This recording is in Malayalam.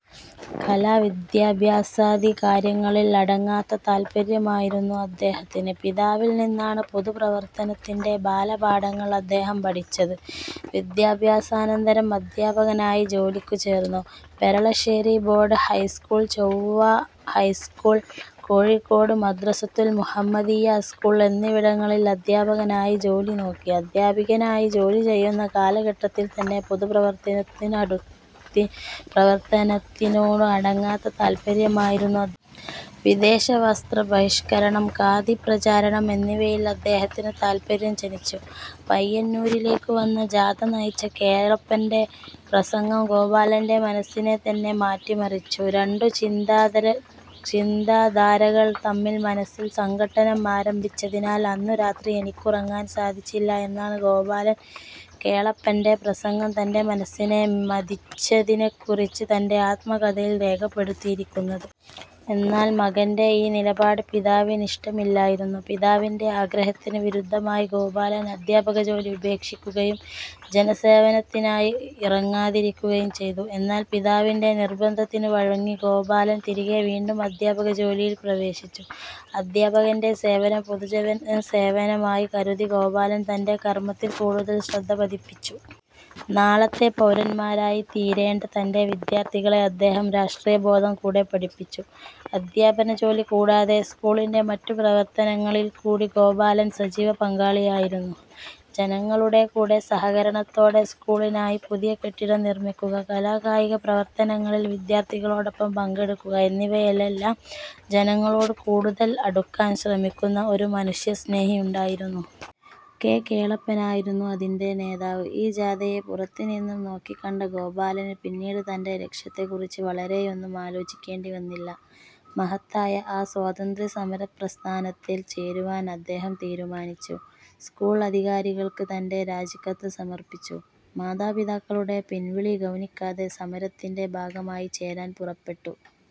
കല-വിദ്യാഭ്യാസാദി കാര്യങ്ങളിൽ അടങ്ങാത്ത താൽപര്യമായിരുന്നു അദ്ദേഹത്തിന്. പിതാവിൽ നിന്നാണ് പൊതുപ്രവർത്തനത്തിന്റെ ബാലപാഠങ്ങൾ അദ്ദേഹം പഠിച്ചത്. വിദ്യാഭ്യാസാനന്തരം അധ്യാപകനായി ജോലിക്കു ചേർന്നു. Peralassery board high school, Chovva high school, Kozhikode Madrasathul Muhammadiya school എന്നിവിടങ്ങളിൽ അധ്യാപകനായി ജോലി നോക്കി. അധ്യാപകനായി ജോലി ചെയ്യുന്ന കാലഘട്ടത്തിൽത്തന്നെ പൊതുപ്രവർത്തനത്തിനോടു അടങ്ങാത്ത താൽപര്യമായിരുന്നു അദ്ദേഹത്തിന്. വിദേശ വസ്ത്ര ബഹിഷ്കരണം, ഖാദി പ്രചാരണം, എന്നിവയിൽ അദ്ദേഹത്തിനു താൽപര്യം ജനിച്ചു. പയ്യന്നൂരിലേക്കു വന്ന ജാഥ നയിച്ച കേളപ്പന്റെ പ്രസംഗം ഗോപാലന്റെ മനസ്സിനെ തന്നെ മാറ്റിമറിച്ചു. രണ്ടു ചിന്താധാരകൾ തമ്മിൽ മനസ്സിൽ സംഘട്ടനം ആരംഭിച്ചതിനാൽ അന്നു രാത്രി എനിക്കുറങ്ങാൻ സാധിച്ചില്ല എന്നാണ് ഗോപാലൻ കേളപ്പന്റെ പ്രസംഗം തന്റെ മനസ്സിനെ മഥിച്ചതിനെക്കുറിച്ച് തന്റെ ആത്മകഥയിൽ രേഖപ്പെടുത്തിയിരിക്കുന്നത്. എന്നാൽ മകന്റെ ഈ നിലപാട് പിതാവിനിഷ്ടമില്ലായിരുന്നു. പിതാവിന്റെ ആഗ്രഹത്തിനു വിരുദ്ധമായി ഗോപാലൻ അധ്യാപകജോലി ഉപേക്ഷിക്കുകയും ജനസേവനത്തിനായി ഇറങ്ങിത്തിരിക്കുകയും ചെയ്തു. എന്നാൽ പിതാവിന്റെ നിർബന്ധത്തിനു വഴങ്ങി ഗോപാലൻ തിരികെ വീണ്ടും അധ്യാപക ജോലിയിൽ പ്രവേശിച്ചു. അധ്യാപകന്റെ സേവനം പൊതുജനസേവനമായി കരുതി ഗോപാലൻ തന്റെ കർമ്മത്തിൽ കൂടുതൽ ശ്രദ്ധപതിപ്പിച്ചു. നാളത്തെ പൗരന്മാരായി തീരേണ്ട തന്റെ വിദ്യാർത്ഥികളെ അദ്ദേഹം രാഷ്ട്രീയബോധം കൂടെ പഠിപ്പിച്ചു. അധ്യാപനജോലി കൂടാതെ സ്കൂളിന്റെ മറ്റു പ്രവർത്തനങ്ങളിൽ കൂടെ ഗോപാലൻ സജീവ പങ്കാളിയായിരുന്നു. ജനങ്ങളുടെ കൂടെ സഹകരണത്തോടെ സ്കൂളിനായി പുതിയ കെട്ടിടം നിർമ്മിക്കുക, കലാകായിക പ്രവർത്തനങ്ങളിൽ വിദ്യാർത്ഥികളോടൊപ്പം പങ്കെടുക്കുക എന്നിവയിലെല്ലാം ജനങ്ങളോട് കൂടുതൽ അടുക്കാൻ ശ്രമിക്കുന്ന ഒരു മനുഷ്യസ്നേഹി ഉണ്ടായിരുന്നു. കെ. കേളപ്പനായിരുന്നു അതിന്റെ നേതാവ്. ഈ ജാഥയെ പുറത്തു നിന്നും നോക്കിക്കണ്ട ഗോപാലന് പിന്നീട് തന്റെ ലക്ഷ്യത്തെക്കുറിച്ച് വളരെയൊന്നും ആലോചിക്കേണ്ടി വന്നില്ല. മഹത്തായ ആ സ്വാതന്ത്ര്യ സമരപ്രസ്ഥാനത്തിൽ ചേരുവാൻ അദ്ദേഹം തീരുമാനിച്ചു. സ്കൂൾ അധികാരികൾക്ക് തന്റെ രാജിക്കത്ത് സമർപ്പിച്ചു. മാതാപിതാക്കളുടെ പിൻവിളി ഗൗനിക്കാതെ സമരത്തിന്റെ ഭാഗമായി ചേരാൻ പുറപ്പെട്ടു.